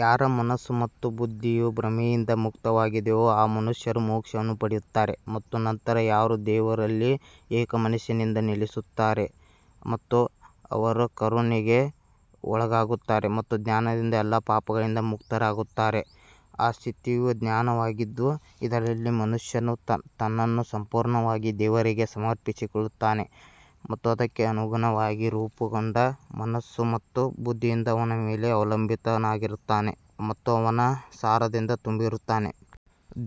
ಯಾರ ಮನಸ್ಸು ಮತ್ತು ಬುದ್ಧಿಯು ಭ್ರಮೆಯಿಂದ ಮುಕ್ತವಾಗಿದೆಯೋ ಆ ಮನುಷ್ಯರು ಮೋಕ್ಷವನ್ನು ಪಡೆಯುತ್ತಾರೆ ಮತ್ತು ನಂತರ ಯಾರು ದೇವರಲ್ಲಿ ಏಕಮನಸ್ಸಿನಿಂದ ನೆಲೆಸುತ್ತಾರೆ ಮತ್ತು ಅವರ ಕರುಣೆಗೆ ಒಳಗಾಗುತ್ತಾರೆ ಮತ್ತು ಜ್ಞಾನದಿಂದ ಎಲ್ಲಾ ಪಾಪಗಳಿಂದ ಮುಕ್ತರಾಗುತ್ತಾರೆ. ಆ ಸ್ಥಿತಿಯು ಜ್ಞಾನವಾಗಿದ್ದು ಇದರಲ್ಲಿ ಮನುಷ್ಯನು ತನ್ನನ್ನು ಸಂಪೂರ್ಣವಾಗಿ ದೇವರಿಗೆ ಸಮರ್ಪಿಸಿಕೊಳ್ಳುತ್ತಾನೆ ಮತ್ತು ಅದಕ್ಕೆ ಅನುಗುಣವಾಗಿ ರೂಪುಗೊಂಡ ಮನಸ್ಸು ಮತ್ತು ಬುದ್ಧಿಯಿಂದ ಅವನ ಮೇಲೆ ಅವಲಂಬಿತನಾಗಿರುತ್ತಾನೆ ಮತ್ತು ಅವನ ಸಾರದಿಂದ ತುಂಬಿರುತ್ತಾನೆ.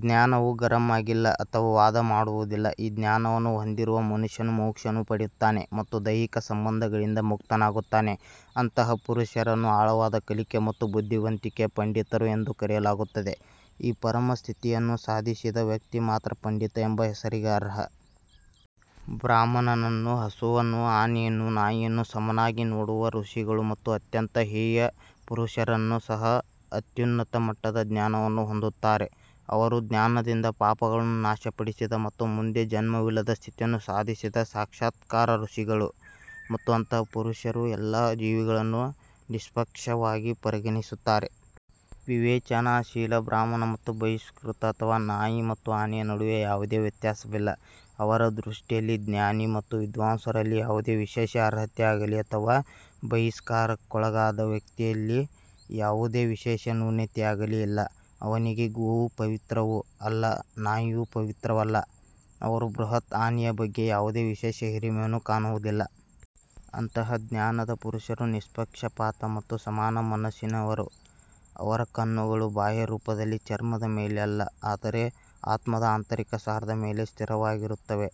ಜ್ಞಾನವು ಗರಂ ಆಗಿಲ್ಲ ಅಥವಾ ವಾದ ಮಾಡುವುದಲ್ಲ. ಈ ಜ್ಞಾನವನ್ನು ಹೊಂದಿರುವ ಮನುಷ್ಯನು ಮೋಕ್ಷವನ್ನು ಪಡೆಯುತ್ತಾನೆ ಮತ್ತು ದೈಹಿಕ ಸಂಬಂಧಗಳಿಂದ ಮುಕ್ತನಾಗುತ್ತಾನೆ. ಅಂತಹ ಪುರುಷರನ್ನು ಆಳವಾದ ಕಲಿಕೆ ಮತ್ತು ಬುದ್ಧಿವಂತಿಕೆಯ ಪಂಡಿತರು ಎಂದು ಕರೆಯಲಾಗುತ್ತದೆ. ಈ ಪರಮ ಸ್ಥಿತಿಯನ್ನು ಸಾಧಿಸಿದ ವ್ಯಕ್ತಿ ಮಾತ್ರ ಪಂಡಿತ ಎಂಬ ಹೆಸರಿಗೆ ಅರ್ಹ. ಬ್ರಾಹ್ಮಣನನ್ನು ಹಸುವನ್ನು ಆನೆಯನ್ನು ನಾಯಿಯನ್ನು ಸಮಾನವಾಗಿ ನೋಡುವ ಋಷಿಗಳು ಮತ್ತು ಅತ್ಯಂತ ಹೇಯ ಪುರುಷರನ್ನೂ ಸಹ ಅತ್ಯುನ್ನತ ಮಟ್ಟದ ಜ್ಞಾನವನ್ನು ಹೊಂದುತ್ತಾರೆ. ಅವರು ಜ್ಞಾನದಿಂದ ಪಾಪಗಳನ್ನು ನಾಶಪಡಿಸಿದ ಮತ್ತು ಮುಂದೆ ಜನ್ಮವಿಲ್ಲದ ಸ್ಥಿತಿಯನ್ನು ಸಾಧಿಸಿದ ಸಾಕ್ಷಾತ್ಕಾರ ಋಷಿಗಳು. ಮತ್ತು ಅಂತಹ ಪುರುಷರು ಎಲ್ಲಾ ಜೀವಿಗಳನ್ನು ನಿಷ್ಪಕ್ಷಪಾತವಾಗಿ ಪರಿಗಣಿಸುತ್ತಾರೆ. ವಿವೇಚನಾಶೀಲ ಬ್ರಾಹ್ಮಣ ಮತ್ತು ಬಹಿಷ್ಕೃತ ಅಥವಾ ನಾಯಿ ಮತ್ತು ಆನೆಯ ನಡುವೆ ಯಾವುದೇ ವ್ಯತ್ಯಾಸವಿಲ್ಲ. ಅವರ ದೃಷ್ಟಿಯಲ್ಲಿ ಜ್ಞಾನಿ ಮತ್ತು ವಿದ್ವಾಂಸರಲ್ಲಿ ಯಾವುದೇ ವಿಶೇಷ ಅರ್ಹತೆಯಾಗಲೀ ಅಥವಾ ಬಹಿಷ್ಕಾರಕ್ಕೊಳಗಾದ ವ್ಯಕ್ತಿಯಲ್ಲಿ ಯಾವುದೇ ವಿಶೇಷ ನ್ಯೂನತೆಯಾಗಲೀ ಇಲ್ಲ. ಅವನಿಗೆ ಗೋವು ಪವಿತ್ರವೂ ಅಲ್ಲ ನಾಯಿಯೂ ಪವಿತ್ರವಲ್ಲ. ಅವರು ಬೃಹತ್ ಆನೆಯ ಬಗ್ಗೆ ಯಾವುದೇ ವಿಶೇಷ ಹಿರಿಮೆಯನ್ನು ಕಾಣುವುದಿಲ್ಲ. ಅಂತಹ ಜ್ಞಾನದ ಪುರುಷರು ನಿಷ್ಪಕ್ಷಪಾತ ಮತ್ತು ಸಮಾನ ಮನಸ್ಸಿನವರು. ಅವರ ಕಣ್ಣುಗಳು ಬಾಹ್ಯ ರೂಪದಲ್ಲಿ ಚರ್ಮದ ಮೇಲೆ ಅಲ್ಲ ಆದರೆ ಆತ್ಮದ ಆಂತರಿಕ ಸಾರದ ಮೇಲೆ ಸ್ಥಿರವಾಗಿರುತ್ತವೆ.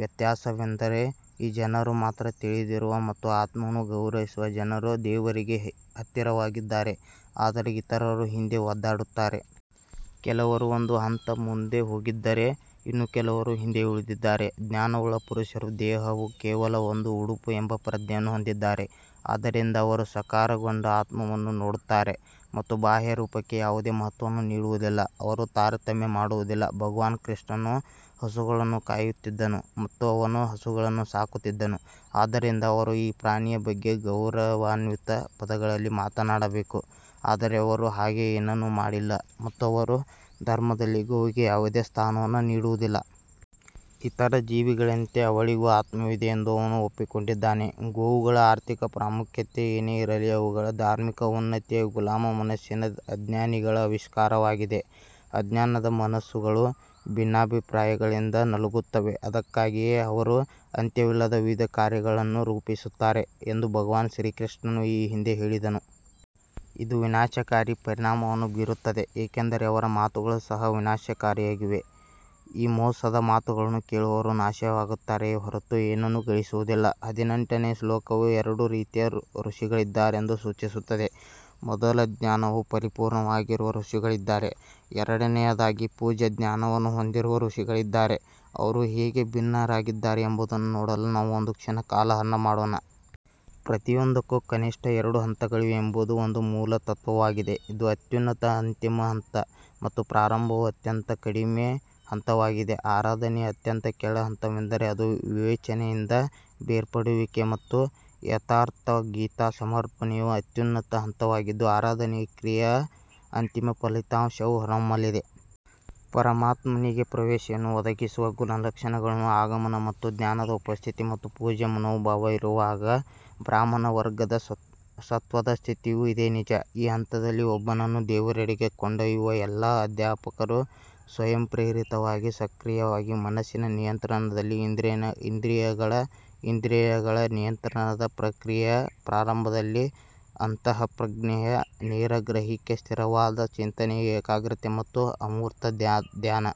ವ್ಯತ್ಯಾಸವೆಂದರೆ ಈ ಜನರು ಮಾತ್ರ ತಿಳಿದಿರುವ ಮತ್ತು ಆತ್ಮವನ್ನು ಗೌರವಿಸುವ ಜನರು ದೇವರಿಗೆ ಹತ್ತಿರವಾಗಿದ್ದಾರೆ ಆದರೆ ಇತರರು ಹಿಂದೆ ಒದ್ದಾಡುತ್ತಾರೆ. ಕೆಲವರು ಒಂದು ಹಂತ ಮುಂದೆ ಹೋಗಿದ್ದರೆ ಇನ್ನೂ ಕೆಲವರು ಹಿಂದೆಯೇ ಉಳಿದಿದ್ದಾರೆ. ಜ್ಞಾನವುಳ್ಳ ಪುರುಷರು ದೇಹವು ಕೇವಲ ಒಂದು ಉಡುಪು ಎಂಬ ಪ್ರಜ್ಞೆಯನ್ನು ಹೊಂದಿದ್ದಾರೆ. ಆದ್ದರಿಂದ ಅವರು ಸಾಕಾರಗೊಂಡ ಆತ್ಮವನ್ನು ನೋಡುತ್ತಾರೆ ಮತ್ತು ಬಾಹ್ಯ ರೂಪಕ್ಕೆ ಯಾವುದೇ ಮಹತ್ವವನ್ನು ನೀಡುವುದಿಲ್ಲ. ಅವರು ತಾರತಮ್ಯ ಮಾಡುವುದಿಲ್ಲ. ಭಗವಾನ್ ಕೃಷ್ಣನು ಹಸುಗಳನ್ನು ಕಾಯುತ್ತಿದ್ದನು ಮತ್ತು ಅವನು ಹಸುಗಳನ್ನು ಸಾಕುತ್ತಿದ್ದನು ಆದ್ದರಿಂದ ಅವರು ಈ ಪ್ರಾಣಿಯ ಬಗ್ಗೆ ಗೌರವಾನ್ವಿತ ಪದಗಳಲ್ಲಿ ಮಾತನಾಡಬೇಕು ಆದರೆ ಅವರು ಹಾಗೆ ಏನನ್ನೂ ಮಾಡಿಲ್ಲ ಮತ್ತು ಅವರು ಧರ್ಮದಲ್ಲಿ ಗೋವಿಗೆ ಯಾವುದೇ ಸ್ಥಾನವನ್ನು ನೀಡುವುದಿಲ್ಲ. ಇತರ ಜೀವಿಗಳಂತೆ ಅವಳಿಗೂ ಆತ್ಮವಿದೆ ಎಂದು ಅವನು ಒಪ್ಪಿಕೊಂಡಿದ್ದಾನೆ. ಗೋವುಗಳ ಆರ್ಥಿಕ ಪ್ರಾಮುಖ್ಯತೆ ಏನೇ ಇರಲಿ ಅವುಗಳ ಧಾರ್ಮಿಕ ಉನ್ನತಿಯು ಗುಲಾಮ ಮನಸ್ಸಿನ ಅಜ್ಞಾನಿಗಳ ಆವಿಷ್ಕಾರವಾಗಿದೆ. ಅಜ್ಞಾನದ ಮನಸ್ಸುಗಳು ಭಿನ್ನಾಭಿಪ್ರಾಯಗಳಿಂದ ನಲುಗುತ್ತವೆ ಅದಕ್ಕಾಗಿಯೇ ಅವರು ಅಂತ್ಯವಿಲ್ಲದ ವಿವಿಧ ಕಾರ್ಯಗಳನ್ನು ರೂಪಿಸುತ್ತಾರೆ ಎಂದು ಭಗವಾನ್ ಶ್ರೀಕೃಷ್ಣನು ಈ ಹಿಂದೆ ಹೇಳಿದನು. ಇದು ವಿನಾಶಕಾರಿ ಪರಿಣಾಮವನ್ನು ಬೀರುತ್ತದೆ ಏಕೆಂದರೆ ಅವರ ಮಾತುಗಳು ಸಹ ವಿನಾಶಕಾರಿಯಾಗಿದೆ. ಈ ಮೋಸದ ಮಾತುಗಳನ್ನು ಕೇಳುವವರು ನಾಶವಾಗುತ್ತಾರೆಯೇ ಹೊರತು ಏನನ್ನೂ ಗಳಿಸುವುದಿಲ್ಲ. ಹದಿನೆಂಟನೆಯ ಶ್ಲೋಕವು ಎರಡು ರೀತಿಯ ಋಷಿಗಳಿದ್ದಾರೆಂದು ಸೂಚಿಸುತ್ತದೆ. ಮೊದಲು ಜ್ಞಾನವು ಪರಿಪೂರ್ಣವಾಗಿರುವ ಋಷಿಗಳಿದ್ದಾರೆ. ಎರಡನೆಯದಾಗಿ ಪೂಜ್ಯ ಜ್ಞಾನವನ್ನು ಹೊಂದಿರುವ ಋಷಿಗಳಿದ್ದಾರೆ. ಅವರು ಹೇಗೆ ಭಿನ್ನರಾಗಿದ್ದಾರೆ ಎಂಬುದನ್ನು ನೋಡಲು ನಾವು ಒಂದು ಕ್ಷಣ ಕಾಲಹರಣ ಮಾಡೋಣ. ಪ್ರತಿಯೊಂದಕ್ಕೂ ಕನಿಷ್ಠ ಎರಡು ಹಂತಗಳಿವೆ ಎಂಬುದು ಒಂದು ಮೂಲತತ್ವವಾಗಿದೆ ಇದು ಅತ್ಯುನ್ನತ ಅಂತಿಮ ಹಂತ ಮತ್ತು ಪ್ರಾರಂಭವು ಅತ್ಯಂತ ಕಡಿಮೆ ಹಂತವಾಗಿದೆ. ಆರಾಧನೆಯ ಅತ್ಯಂತ ಕೆಳ ಹಂತವೆಂದರೆ ಅದು ವಿವೇಚನೆಯಿಂದ ಬೇರ್ಪಡುವಿಕೆ ಮತ್ತು ಯಥಾರ್ಥ್ ಗೀತಾ ಸಮರ್ಪಣೆಯು ಅತ್ಯುನ್ನತ ಹಂತವಾಗಿದ್ದು ಆರಾಧನೆಯ ಕ್ರಿಯೆಯ ಅಂತಿಮ ಫಲಿತಾಂಶವು ಹೊರಹೊಮ್ಮಲಿದೆ. ಪರಮಾತ್ಮನಿಗೆ ಪ್ರವೇಶವನ್ನು ಒದಗಿಸುವ ಗುಣಲಕ್ಷಣಗಳ ಆಗಮನ ಮತ್ತು ಜ್ಞಾನದ ಉಪಸ್ಥಿತಿ ಮತ್ತು ಪೂಜ್ಯ ಮನೋಭಾವ ಇರುವಾಗ ಬ್ರಾಹ್ಮಣ ವರ್ಗದ ಸತ್ವದ ಸ್ಥಿತಿಯೂ ಇದೇ ನಿಜ. ಈ ಹಂತದಲ್ಲಿ ಒಬ್ಬನನ್ನು ದೇವರೆಡೆಗೆ ಕೊಂಡೊಯ್ಯುವ ಎಲ್ಲಾ ಅಧ್ಯಾಪಕರು ಸ್ವಯಂಪ್ರೇರಿತವಾಗಿ ಸಕ್ರಿಯವಾಗಿ ಮನಸ್ಸಿನ ನಿಯಂತ್ರಣದಲ್ಲಿ ಇಂದ್ರಿಯಗಳ ಇಂದ್ರಿಯಗಳ ನಿಯಂತ್ರಣದ ಪ್ರಕ್ರಿಯೆಯ ಪ್ರಾರಂಭದಲ್ಲಿ ಅಂತಃಪ್ರಜ್ಞೆಯ ನೇರ ಗ್ರಹಿಕೆ ಸ್ಥಿರವಾದ ಚಿಂತನೆಯ ಏಕಾಗ್ರತೆ ಮತ್ತು ಅಮೂರ್ತ ಧ್ಯಾನ.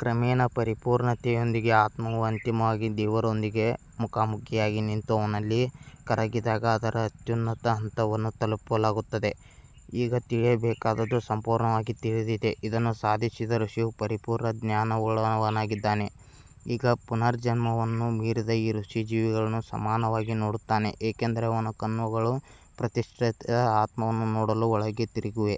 ಕ್ರಮೇಣ ಪರಿಪೂರ್ಣತೆಯೊಂದಿಗೆ ಆತ್ಮವು ಅಂತಿಮವಾಗಿ ದೇವರೊಂದಿಗೆ ಮುಖಾಮುಖಿಯಾಗಿ ನಿಂತು ಅವನಲ್ಲಿ ಕರಗಿದಾಗ ಅದರ ಅತ್ಯುನ್ನತ ಹಂತವನ್ನು ತಲುಪಲಾಗುತ್ತದೆ. ಈಗ ತಿಳಿಯಬೇಕಾದದ್ದು ಸಂಪೂರ್ಣವಾಗಿ ತಿಳಿದಿದೆ. ಇದನ್ನು ಸಾಧಿಸಿದ ಋಷಿಯು ಪರಿಪೂರ್ಣ ಜ್ಞಾನವುಳ್ಳವನಾಗಿದ್ದಾನೆ. ಈಗ ಪುನರ್ಜನ್ಮವನ್ನು ಮೀರಿದ ಈ ಋಷಿ ಜೀವಿಗಳನ್ನು ಸಮಾನವಾಗಿ ನೋಡುತ್ತಾನೆ ಏಕೆಂದರೆ ಅವನ ಕಣ್ಣುಗಳು ಪ್ರತಿಷ್ಠಿತ ಆತ್ಮವನ್ನು ನೋಡಲು ಒಳಗೆ ತಿರುಗಿವೆ.